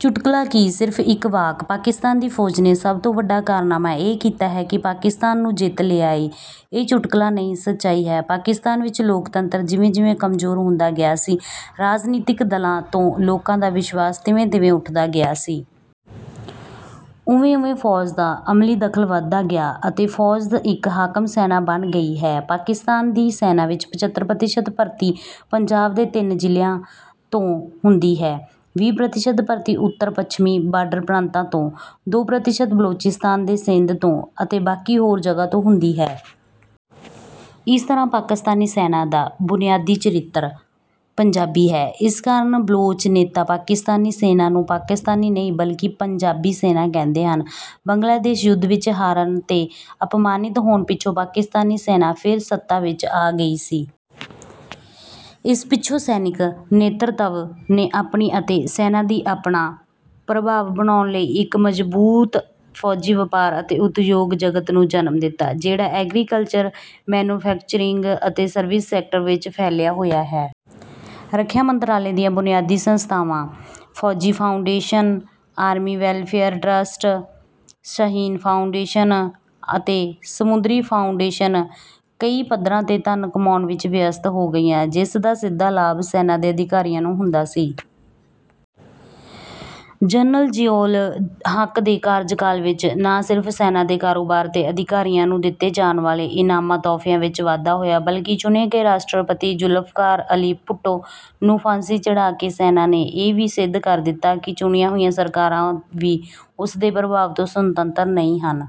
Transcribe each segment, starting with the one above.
ਚੁਟਕਲਾ ਕੀ, ਸਿਰਫ਼ ਇਕ ਵਾਕ—‘ਪਾਕਿਸਤਾਨ ਦੀ ਫੌਜ ਨੇ ਸਭ ਤੋਂ ਵੱਡਾ ਕਾਰਨਾਮਾ ਇਹ ਕੀਤਾ ਹੈ ਕਿ ਪਾਕਿਸਤਾਨ ਨੂੰ ਜਿੱਤ ਲਿਆ ਏ।’ ਇਹ ਚੁਟਕਲਾ ਨਹੀਂ, ਸੱਚਾਈ ਹੈ। ਪਾਕਿਸਤਾਨ ਵਿਚ ਲੋਕਤੰਤਰ ਜਿਵੇਂ-ਜਿਵੇਂ ਕਮਜ਼ੋਰ ਹੁੰਦਾ ਗਿਆ ਸੀ, ਰਾਜਨੀਤਕ ਦਲਾਂ ਤੋਂ ਲੋਕਾਂ ਦਾ ਵਿਸ਼ਵਾਸ ਤਿਵੇਂ-ਤਿਵੇਂ ਉੱਠਦਾ ਗਿਆ ਸੀ। ਓਵੇਂ-ਓਵੇਂ ਫੌਜ ਦਾ ਅਮਲੀ ਦਖ਼ਲ ਵਧਦਾ ਗਿਆ ਅਤੇ ਫੌਜ ਇਕ ਹਾਕਮ-ਸੈਨਾ ਬਣ ਗਈ ਹੈ। ਪਾਕਿਸਤਾਨ ਦੀ ਸੈਨਾ ਵਿਚ ਪਚੱਤਰ ਪ੍ਰਤੀਸ਼ਤ ਭਰਤੀ ਪੰਜਾਬ ਦੇ ਤਿੰਨ ਜ਼ਿਲ੍ਹਿਆਂ ਤੋਂ ਹੁੰਦੀ ਹੈ। ਵੀਹ ਪ੍ਰਤੀਸ਼ਤ ਭਰਤੀ ਉੱਤਰ-ਪੱਛਮੀ ਬਾਰਡਰ ਪ੍ਰਾਂਤਾਂ ਤੋਂ, ਦੋ ਪ੍ਰਤੀਸ਼ਤ ਬਲੋਚਿਸਤਾਨ ਤੇ ਸਿੰਧ ਤੋਂ ਅਤੇ ਬਾਕੀ ਹੋਰ ਜਗ੍ਹਾਂ ਤੋਂ ਹੁੰਦੀ ਹੈ। ਇਸ ਤਰ੍ਹਾਂ ਪਾਕਿਸਤਾਨੀ ਸੈਨਾ ਦਾ ਬੁਨਿਆਦੀ ਚਰਿੱਤਰ ਪੰਜਾਬੀ ਹੈ। ਇਸ ਕਾਰਨ ਬਲੋਚ ਨੇਤਾ ਪਾਕਿਸਤਾਨੀ ਸੈਨਾ ਨੂੰ ਪਾਕਿਸਤਾਨੀ ਨਹੀਂ, ਬਲਕਿ ਪੰਜਾਬੀ ਸੈਨਾ ਕਹਿੰਦੇ ਹਨ। ਬੰਗਲਾਦੇਸ਼ ਯੁੱਧ ਵਿਚ ਹਾਰਨ ਤੇ ਅਪਮਾਨਿਤ ਹੋਣ ਪਿੱਛੋਂ ਪਾਕਿਸਤਾਨੀ ਸੈਨਾ ਫਿਰ ਸੱਤਾ ਵਿਚ ਆ ਗਈ ਸੀ। ਇਸ ਪਿੱਛੋਂ ਸੈਨਿਕ ਨੇਤ੍ਰਤਵ ਨੇ ਆਪਣੀ ਅਤੇ ਸੈਨਾ ਦੀ ਆਪਣਾ ਪ੍ਰਭਾਵ ਬਣਾਉਣ ਲਈ ਇਕ ਮਜ਼ਬੂਤ ਫੌਜੀ ਵਪਾਰ ਅਤੇ ਉਦਯੋਗ ਜਗਤ ਨੂੰ ਜਨਮ ਦਿੱਤਾ, ਜਿਹੜਾ ਐਗਰੀਕਲਚਰ, ਮੈਨੂਫੈਕਚਰਿੰਗ ਅਤੇ ਸਰਵਿਸ ਸੈਕਟਰ ਵਿਚ ਫੈਲਿਆ ਹੋਇਆ ਹੈ। ਰੱਖਿਆ ਮੰਤਰਾਲੇ ਦੀਆਂ ਬੁਨਿਆਦੀ ਸੰਸਥਾਵਾਂ Fauji Foundation, Army Welfare Trust, Shaheen Foundation ਅਤੇ ਸਮੁੰਦਰੀ ਫਾਊਂਡੇਸ਼ਨ ਕਈ ਪੱਧਰਾਂ ’ਤੇ ਧਨ ਕਮਾਉਣ ਵਿਚ ਵਿਅਸਤ ਹੋ ਗਈਆਂ, ਜਿਸ ਦਾ ਸਿੱਧਾ ਲਾਭ ਸੈਨਾ ਦੇ ਅਧਿਕਾਰੀਆਂ ਨੂੰ ਹੁੰਦਾ ਸੀ। ਜਨਰਲ ਜ਼ਿਆਉਲ ਹੱਕ ਦੇ ਕਾਰਜਕਾਲ ਵਿਚ ਨਾ ਸਿਰਫ਼ ਸੈਨਾ ਦੇ ਕਾਰੋਬਾਰ ਤੇ ਅਧਿਕਾਰੀਆਂ ਨੂੰ ਦਿੱਤੇ ਜਾਣ ਵਾਲੇ ਇਨਾਮਾਂ-ਤੋਹਫ਼ਿਆਂ ਵਿਚ ਵਾਧਾ ਹੋਇਆ, ਬਲਕਿ ਚੁਣੇ ਗਏ ਰਾਸ਼ਟਰਪਤੀ ਜ਼ੁਲਫ਼ਕਾਰ ਅਲੀ ਭੁੱਟੋ ਨੂੰ ਫਾਂਸੀ ਚੜ੍ਹਾ ਕੇ ਸੈਨਾ ਨੇ ਇਹ ਵੀ ਸਿੱਧ ਕਰ ਦਿੱਤਾ ਕਿ ਚੁਣੀਆਂ ਹੋਈਆਂ ਸਰਕਾਰਾਂ ਵੀ ਉਸਦੇ ਪ੍ਰਭਾਵ ਤੋਂ ਸੁਤੰਤਰ ਨਹੀਂ ਹਨ।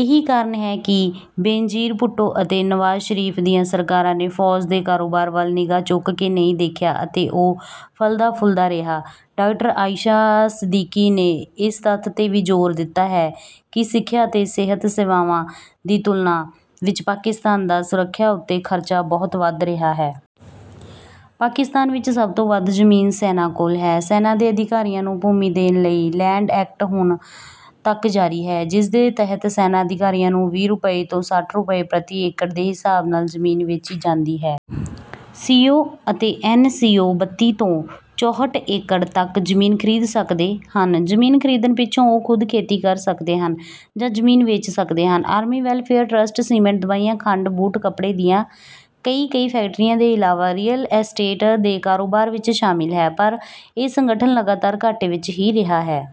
ਇਹੀ ਕਾਰਨ ਹੈ ਕਿ ਬੇਨਜ਼ੀਰ ਭੁੱਟੋ ਅਤੇ ਨਵਾਜ਼ ਸ਼ਰੀਫ਼ ਦੀਆਂ ਸਰਕਾਰਾਂ ਨੇ ਫੌਜ ਦੇ ਕਾਰੋਬਾਰ ਵੱਲ ਨਿਗਾਹ ਚੁੱਕ ਕੇ ਨਹੀਂ ਦੇਖਿਆ ਅਤੇ ਉਹ ਫਲਦਾ-ਫੁੱਲਦਾ ਰਿਹਾ। ਡਾਕਟਰ ਆਇਸ਼ਾ ਸਿੱਦੀਕੀ ਨੇ ਇਸ ਤੱਥ ’ਤੇ ਵੀ ਜ਼ੋਰ ਦਿੱਤਾ ਹੈ ਕਿ ਸਿੱਖਿਆ ਅਤੇ ਸਿਹਤ ਸੇਵਾਵਾਂ ਦੀ ਤੁਲਨਾ ਵਿਚ ਪਾਕਿਸਤਾਨ ਦਾ ਸੁਰੱਖਿਆ ਉੱਤੇ ਖਰਚਾ ਬਹੁਤ ਵੱਧ ਰਿਹਾ ਹੈ। ਪਾਕਿਸਤਾਨ ਵਿਚ ਸਭ ਤੋਂ ਵੱਧ ਜ਼ਮੀਨ ਸੈਨਾ ਕੋਲ ਹੈ। ਸੈਨਾ ਦੇ ਅਧਿਕਾਰੀਆਂ ਨੂੰ ਭੂਮੀ ਦੇਣ ਲਈ ਲੈਂਡ ਐਕਟ ਹੁਣ ਤੱਕ ਜਾਰੀ ਹੈ, ਜਿਸ ਦੇ ਤਹਿਤ ਸੈਨਾ ਅਧਿਕਾਰੀਆਂ ਨੂੰ ਵੀਹ ਰੁਪਏ ਤੋਂ ਸੱਠ ਰੁਪਏ ਪ੍ਰਤੀ ਏਕੜ ਦੇ ਹਿਸਾਬ ਨਾਲ ਜ਼ਮੀਨ ਵੇਚੀ ਜਾਂਦੀ ਹੈ। ਸੀ.ਓ. ਅਤੇ ਐਨ.ਸੀ.ਓ. ਬੱਤੀ ਤੋਂ ਚੌਂਹਠ ਏਕੜ ਤੱਕ ਜ਼ਮੀਨ ਖਰੀਦ ਸਕਦੇ ਹਨ। ਜ਼ਮੀਨ ਖਰੀਦਣ ਪਿੱਛੋਂ ਉਹ ਖ਼ੁਦ ਖੇਤੀ ਕਰ ਸਕਦੇ ਹਨ ਜਾਂ ਜ਼ਮੀਨ ਵੇਚ ਸਕਦੇ ਹਨ। ‘ਆਰਮੀ ਵੈਲਫੇਅਰ ਟਰਸਟ’ ਸੀਮੈਂਟ, ਦਵਾਈਆਂ, ਖੰਡ, ਬੂਟ, ਕੱਪੜੇ ਦੀਆਂ ਕਈ-ਕਈ ਫੈਕਟਰੀਆਂ ਦੇ ਇਲਾਵਾ ‘ਰੀਅਲ ਐਸਟੇਟ’ ਦੇ ਕਾਰੋਬਾਰ ਵਿਚ ਸ਼ਾਮਲ ਹੈ, ਪਰ ਇਹ ਸੰਗਠਨ ਲਗਾਤਾਰ ਘਾਟੇ ਵਿਚ ਹੀ ਰਿਹਾ ਹੈ।